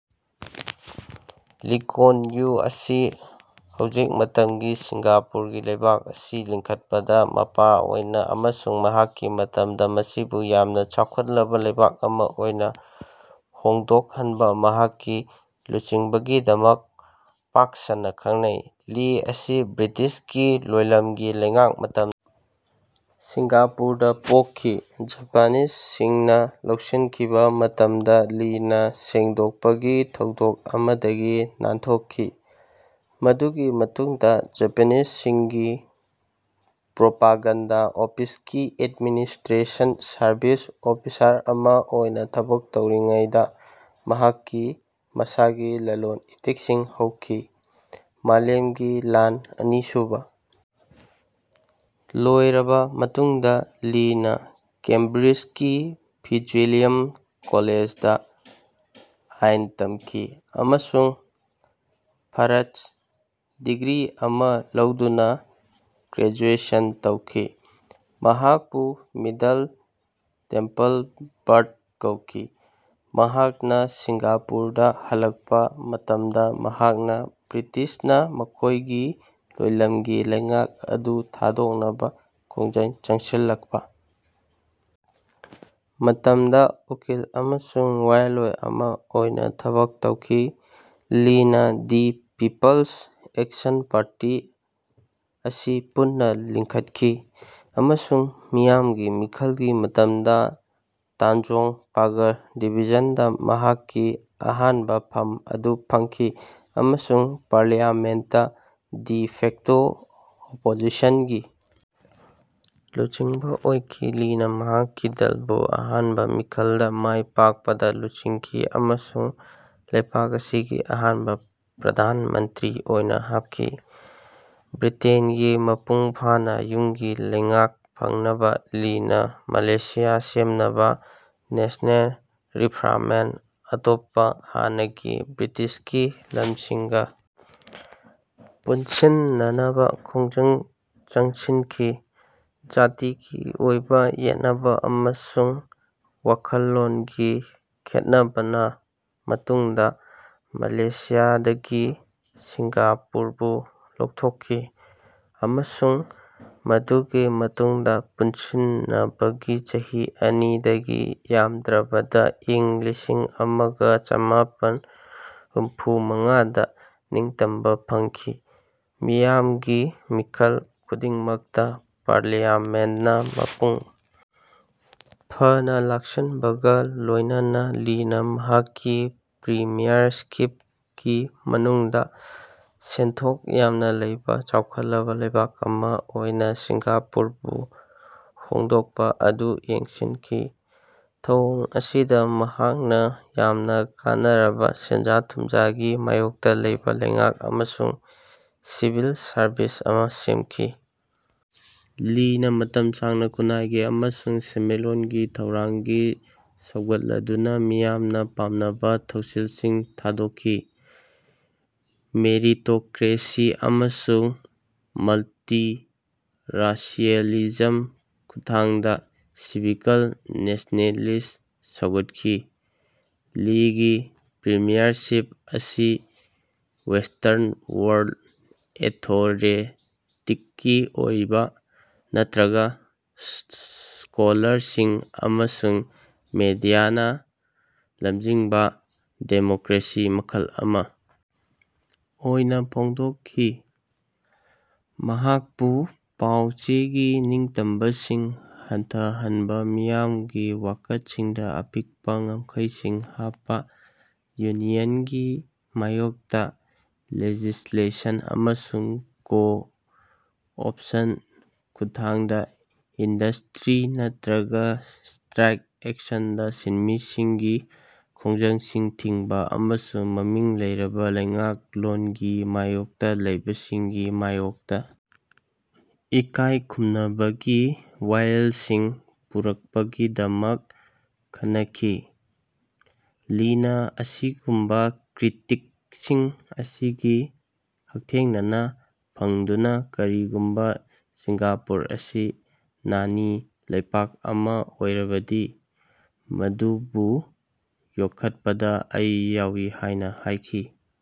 ꯂꯤ ꯀꯣꯟ ꯌ꯭ꯌꯨ ꯑꯁꯤ ꯍꯧꯖꯤꯛ ꯃꯇꯝꯒꯤ ꯁꯤꯡꯒꯥꯄꯨꯔꯒꯤ ꯂꯩꯕꯥꯛ ꯑꯁꯤ ꯂꯤꯡꯈꯠꯄꯗ ꯃꯄꯥ ꯑꯣꯏꯅ ꯑꯃꯁꯨꯡ ꯃꯍꯥꯛꯀꯤ ꯃꯇꯝꯗ ꯃꯁꯤꯕꯨ ꯌꯥꯝꯅ ꯆꯥꯎꯈꯠꯂꯕ ꯂꯩꯕꯥꯛ ꯑꯃ ꯑꯣꯏꯅ ꯍꯣꯡꯗꯣꯛꯍꯟꯕ ꯃꯍꯥꯛꯀꯤ ꯂꯨꯆꯤꯡꯕꯒꯤꯗꯃꯛ ꯄꯥꯛ ꯁꯟꯅ ꯈꯪꯅꯩ꯫ ꯂꯤ ꯑꯁꯤ ꯕ꯭ꯔꯤꯇꯤꯁꯀꯤ ꯂꯣꯏꯂꯝꯒꯤ ꯂꯩꯉꯥꯛ ꯃꯇꯝꯗ ꯁꯤꯡꯒꯥꯄꯨꯔꯗ ꯄꯣꯛꯈꯤ꯫ ꯖꯥꯄꯥꯅꯤꯁ ꯁꯤꯡꯅ ꯂꯧꯁꯤꯟꯈꯤꯕ ꯃꯇꯝꯗ ꯂꯤꯅ ꯁꯦꯡꯗꯣꯛꯄꯒꯤ ꯊꯧꯗꯣꯛ ꯑꯃꯗꯒꯤ ꯅꯥꯟꯊꯣꯛꯈꯤ꯫ ꯃꯗꯨꯒꯤ ꯃꯇꯨꯡꯗ ꯖꯥꯄꯥꯅꯤꯁ ꯁꯤꯡꯒꯤ ꯄ꯭ꯔꯣꯄꯥꯒꯦꯟꯗ ꯑꯣꯐꯤꯁꯀꯤ ꯑꯦꯗꯃꯤꯅꯤꯁꯇ꯭ꯔꯦꯁꯟ ꯁꯔꯕꯤꯁ ꯑꯣꯐꯤꯁꯔ ꯑꯃ ꯑꯣꯏꯅ ꯊꯕꯛ ꯇꯧꯔꯤꯉꯩꯗ ꯃꯍꯥꯛꯀꯤ ꯃꯁꯥꯒꯤ ꯂꯂꯣꯟ ꯏꯇꯤꯛꯁꯤꯡ ꯍꯧꯈꯤ꯫ ꯃꯥꯂꯦꯝꯒꯤ ꯂꯥꯟ ꯑꯅꯤ ꯁꯨꯕ ꯂꯣꯏꯔꯕ ꯃꯇꯨꯡꯗ ꯂꯤꯅ ꯀꯦꯝꯕ꯭ꯔꯤꯖꯀꯤ ꯐꯤꯠꯖ꯭ꯋꯤꯂꯤꯌꯝ ꯀꯣꯂꯦꯖꯗ ꯑꯥꯏꯟ ꯇꯝꯈꯤ, ꯑꯃꯁꯨꯡ ꯐꯔ꯭ꯁꯠ ꯗꯤꯒ꯭ꯔꯤ ꯑꯃ ꯂꯧꯗꯨꯅ ꯒ꯭ꯔꯦꯖꯨꯑꯦꯁꯟ ꯇꯧꯈꯤ꯫ ꯃꯍꯥꯛꯄꯨ ꯃꯤꯗꯜ ꯇꯦꯝꯄꯜ ꯕꯥꯔꯗ ꯀꯧꯈꯤ꯫ ꯃꯍꯥꯛꯅ ꯁꯤꯡꯒꯥꯄꯨꯔꯗ ꯍꯜꯂꯛꯄ ꯃꯇꯝꯗ ꯃꯍꯥꯛꯅ ꯕ꯭ꯔꯤꯇꯤꯁꯅ ꯃꯈꯣꯏꯒꯤ ꯂꯣꯏꯂꯝꯒꯤ ꯂꯩꯉꯥꯛ ꯑꯗꯨ ꯊꯥꯗꯣꯛꯅꯕ ꯈꯣꯡꯖꯪ ꯆꯪꯁꯤꯜꯂꯛꯄ ꯃꯇꯝꯗ ꯎꯀꯤꯜ ꯑꯃꯁꯨꯡ ꯋꯥꯌꯦꯜꯂꯣꯏ ꯑꯃ ꯑꯣꯏꯅ ꯊꯕꯛ ꯇꯧꯈꯤ꯫ ꯂꯤꯅ ꯗꯤ ꯄꯤꯄꯜꯁ ꯑꯦꯛꯁꯟ ꯄꯥꯔꯇꯤ ꯑꯁꯤ ꯄꯨꯟꯅ ꯂꯤꯡꯈꯠꯈꯤ ꯑꯃꯁꯨꯡ ꯃꯤꯌꯥꯝꯒꯤ ꯃꯤꯈꯜꯒꯤ ꯃꯇꯝꯗ ꯇꯥꯟꯖꯣꯡ ꯄꯥꯒꯔ ꯗꯤꯕꯤꯖꯟꯗ ꯃꯍꯥꯛꯀꯤ ꯑꯍꯥꯟꯕ ꯐꯝ ꯑꯗꯨ ꯐꯪꯈꯤ ꯑꯃꯁꯨꯡ ꯄꯥꯔꯂꯤꯌꯥꯃꯦꯟꯠꯇ ꯗꯤ ꯐꯦꯛꯇꯣ ꯑꯣꯄꯣꯖꯤꯁꯟꯒꯤ ꯂꯨꯆꯤꯡꯕ ꯑꯣꯏꯈꯤ꯫ ꯂꯤꯅ ꯃꯍꯥꯛꯀꯤ ꯗꯜꯕꯨ ꯑꯍꯥꯟꯕ ꯃꯤꯈꯜꯗ ꯃꯥꯏ ꯄꯥꯛꯄꯗ ꯂꯨꯆꯤꯡꯈꯤ ꯑꯃꯁꯨꯡ ꯂꯩꯄꯥꯛ ꯑꯁꯤꯒꯤ ꯑꯍꯥꯟꯕ ꯄ꯭ꯔ꯭ꯙꯥꯟ ꯃꯟꯇ꯭ꯔꯤ ꯑꯣꯏꯅ ꯍꯥꯞꯈꯤ꯫ ꯕ꯭ꯔꯤꯇꯦꯟꯗꯒꯤ ꯃꯄꯨꯡ ꯐꯥꯅ ꯌꯨꯝꯒꯤ ꯂꯩꯉꯥꯛ ꯐꯪꯅꯕ ꯂꯤꯅ ꯃꯂꯦꯁꯤꯌꯥ ꯁꯦꯝꯅꯕ ꯅꯦꯁꯅꯦꯜ ꯔꯦꯐ꯭ꯔꯃꯥꯟꯗ ꯑꯇꯣꯞꯄ ꯍꯥꯟꯅꯒꯤ ꯕ꯭ꯔꯤꯇꯤꯁꯀꯤ ꯂꯝꯁꯤꯡꯒ ꯄꯨꯟꯁꯤꯟꯅꯅꯕ ꯈꯣꯡꯖꯪ ꯆꯪꯁꯤꯟꯈꯤ꯫ ꯖꯥꯇꯤꯒꯤ ꯑꯣꯏꯕ ꯌꯦꯠꯅꯕ ꯑꯃꯁꯨꯡ ꯋꯥꯈꯜꯂꯣꯟꯒꯤ ꯈꯦꯠꯅꯕꯅ ꯃꯇꯨꯡꯗ ꯃꯂꯦꯁꯤꯌꯥꯗꯒꯤ ꯁꯤꯡꯒꯥꯄꯨꯔꯕꯨ ꯂꯧꯊꯣꯛꯈꯤ ꯑꯃꯁꯨꯡ ꯃꯗꯨꯒꯤ ꯃꯇꯨꯡꯗ ꯄꯨꯟꯁꯤꯟꯅꯕꯒꯤ ꯆꯍꯤ ꯑꯅꯤꯗꯒꯤ ꯌꯥꯝꯗ꯭ꯔꯕꯗ ꯏꯪ ꯂꯤꯁꯤꯡ ꯑꯃꯒ ꯆꯃꯥꯄꯟ ꯍꯨꯝꯐꯨ ꯃꯉꯥꯗ ꯅꯤꯡꯇꯝꯕ ꯐꯪꯈꯤ꯫ ꯃꯤꯌꯥꯝꯒꯤ ꯃꯤꯈꯜ ꯈꯨꯗꯤꯡꯃꯛꯇ ꯄꯥꯔꯂꯤꯌꯥꯃꯦꯟꯠꯅ ꯃꯄꯨꯡ ꯐꯥꯅ ꯂꯥꯛꯁꯤꯟꯕꯒ ꯂꯣꯏꯅꯅ, ꯂꯤꯅ ꯃꯍꯥꯛꯀꯤ ꯄ꯭ꯔꯤꯃ꯭ꯌꯔꯁꯤꯞꯀꯤ ꯃꯅꯨꯡꯗ ꯁꯦꯟꯊꯣꯛ ꯌꯥꯝꯅ ꯂꯩꯕ ꯆꯥꯎꯈꯠꯂꯕ ꯂꯩꯕꯥꯛ ꯑꯃ ꯑꯣꯏꯅ ꯁꯤꯡꯒꯥꯄꯨꯔꯕꯨ ꯍꯣꯡꯗꯣꯛꯄ ꯑꯗꯨ ꯌꯦꯡꯁꯤꯟꯈꯤ꯫ ꯊꯧꯑꯣꯡ ꯑꯁꯤꯗ ꯃꯍꯥꯛꯅ ꯌꯥꯝꯅ ꯀꯥꯟꯅꯔꯕ ꯁꯦꯟꯖꯥ ꯊꯨꯝꯖꯥꯒꯤ ꯃꯥꯌꯣꯛꯇ ꯂꯩꯕ ꯂꯩꯉꯥꯛ ꯑꯃꯁꯨꯡ ꯁꯤꯚꯤꯜ ꯁꯔꯕꯤꯁ ꯑꯃ ꯁꯦꯝꯈꯤ꯫ ꯂꯤꯅ ꯃꯇꯝ ꯁꯥꯡꯅ ꯈꯨꯅꯥꯏꯒꯤ ꯑꯃꯁꯨꯡ ꯁꯦꯟꯃꯤꯠꯂꯣꯟꯒꯤ ꯊꯧꯔꯥꯡꯒꯤ ꯁꯧꯒꯠꯂꯗꯨꯅ ꯃꯤꯌꯥꯝꯅ ꯄꯥꯝꯅꯕ ꯊꯧꯁꯤꯜꯁꯤꯡ ꯊꯥꯗꯣꯛꯈꯤ꯫ꯃꯦꯔꯤꯇꯣꯀ꯭ꯔꯦꯁꯤ ꯑꯃꯁꯨꯡ ꯃꯜꯇꯤꯔꯥꯁꯤꯌꯦꯂꯤꯖꯝ ꯈꯨꯠꯊꯥꯡꯗ ꯁꯤꯚꯤꯀꯜ ꯅꯦꯁꯅꯦꯂꯤꯁꯠ ꯁꯧꯒꯠꯈꯤ꯫ ꯂꯤꯒꯤ ꯄ꯭ꯔꯤꯃ꯭ꯌꯔꯁꯤꯞ ꯑꯁꯤ ꯋꯦꯁꯇꯔꯟ ꯋꯔꯜꯗ ꯑꯦꯊꯣꯔꯦꯇꯤꯛꯀꯤ ꯑꯣꯏꯕ ꯅꯠꯇ꯭ꯔꯒ ꯁ꯭ꯀꯣꯂꯔꯁꯤꯡ ꯑꯃꯁꯨꯡ ꯃꯤꯗꯤꯌꯥꯅ ꯂꯝꯖꯤꯡꯕ ꯗꯦꯃꯣꯀ꯭ꯔꯦꯁꯤ ꯃꯈꯜ ꯑꯃ ꯑꯣꯏꯅ ꯐꯣꯡꯗꯣꯛꯈꯤ꯫ ꯃꯍꯥꯛꯄꯨ ꯄꯥꯎ ꯆꯦꯒꯤ ꯅꯤꯡꯇꯝꯕꯁꯤꯡ ꯍꯟꯊꯍꯟꯕ ꯃꯤꯌꯥꯝꯒꯤ ꯋꯥꯀꯠꯁꯤꯡꯗ ꯑꯄꯤꯛꯄ ꯉꯝꯈꯩꯁꯤꯡ ꯍꯥꯞꯄ ꯌꯨꯅꯤꯌꯟꯒꯤ ꯃꯥꯌꯣꯛꯇ ꯂꯦꯖꯤꯁꯂꯦꯁꯟ ꯑꯃꯁꯨꯡ ꯀꯣ ꯑꯣꯞꯁꯟ ꯈꯨꯠꯊꯥꯡꯗ ꯏꯟꯗꯁꯇ꯭ꯔꯤ ꯅꯠꯇ꯭ꯔꯒ ꯁ꯭ꯇ꯭ꯔꯥꯏꯛ ꯑꯦꯛꯁꯟꯗ ꯁꯤꯟꯃꯤꯁꯤꯡꯒꯤ ꯈꯣꯡꯖꯪꯁꯤꯡ ꯊꯤꯡꯕ ꯑꯃꯁꯨꯡ ꯃꯃꯤꯡ ꯂꯩꯔꯕ ꯂꯩꯉꯥꯛꯂꯣꯟꯒꯤ ꯃꯥꯌꯣꯛꯇ ꯂꯩꯕꯁꯤꯡꯒꯤ ꯃꯥꯌꯣꯛꯇ ꯏꯀꯥꯏꯈꯨꯝꯅꯕꯒꯤ ꯋꯥꯌꯦꯜꯁꯤꯡ ꯄꯨꯔꯛꯄꯒꯤꯗꯃꯛ ꯈꯟꯅꯈꯤ꯫ ꯂꯤꯅ ꯑꯁꯤꯒꯨꯝꯕ ꯀ꯭ꯔꯤꯇꯤꯛꯁꯤꯡ ꯑꯁꯤꯒꯤ ꯍꯛꯊꯦꯡꯅꯅ ꯐꯪꯗꯨꯅ "ꯀꯔꯤꯒꯨꯝꯕ ꯁꯤꯡꯒꯥꯄꯨꯔ ꯑꯁꯤ ꯅꯥꯅꯤ ꯂꯩꯄꯥꯛ ꯑꯃ ꯑꯣꯏꯔꯕꯗꯤ, ꯃꯗꯨꯕꯨ ꯌꯣꯛꯈꯠꯄꯗ ꯑꯩ ꯌꯥꯎꯏ" ꯍꯥꯏꯅ ꯍꯥꯏꯈꯤ꯫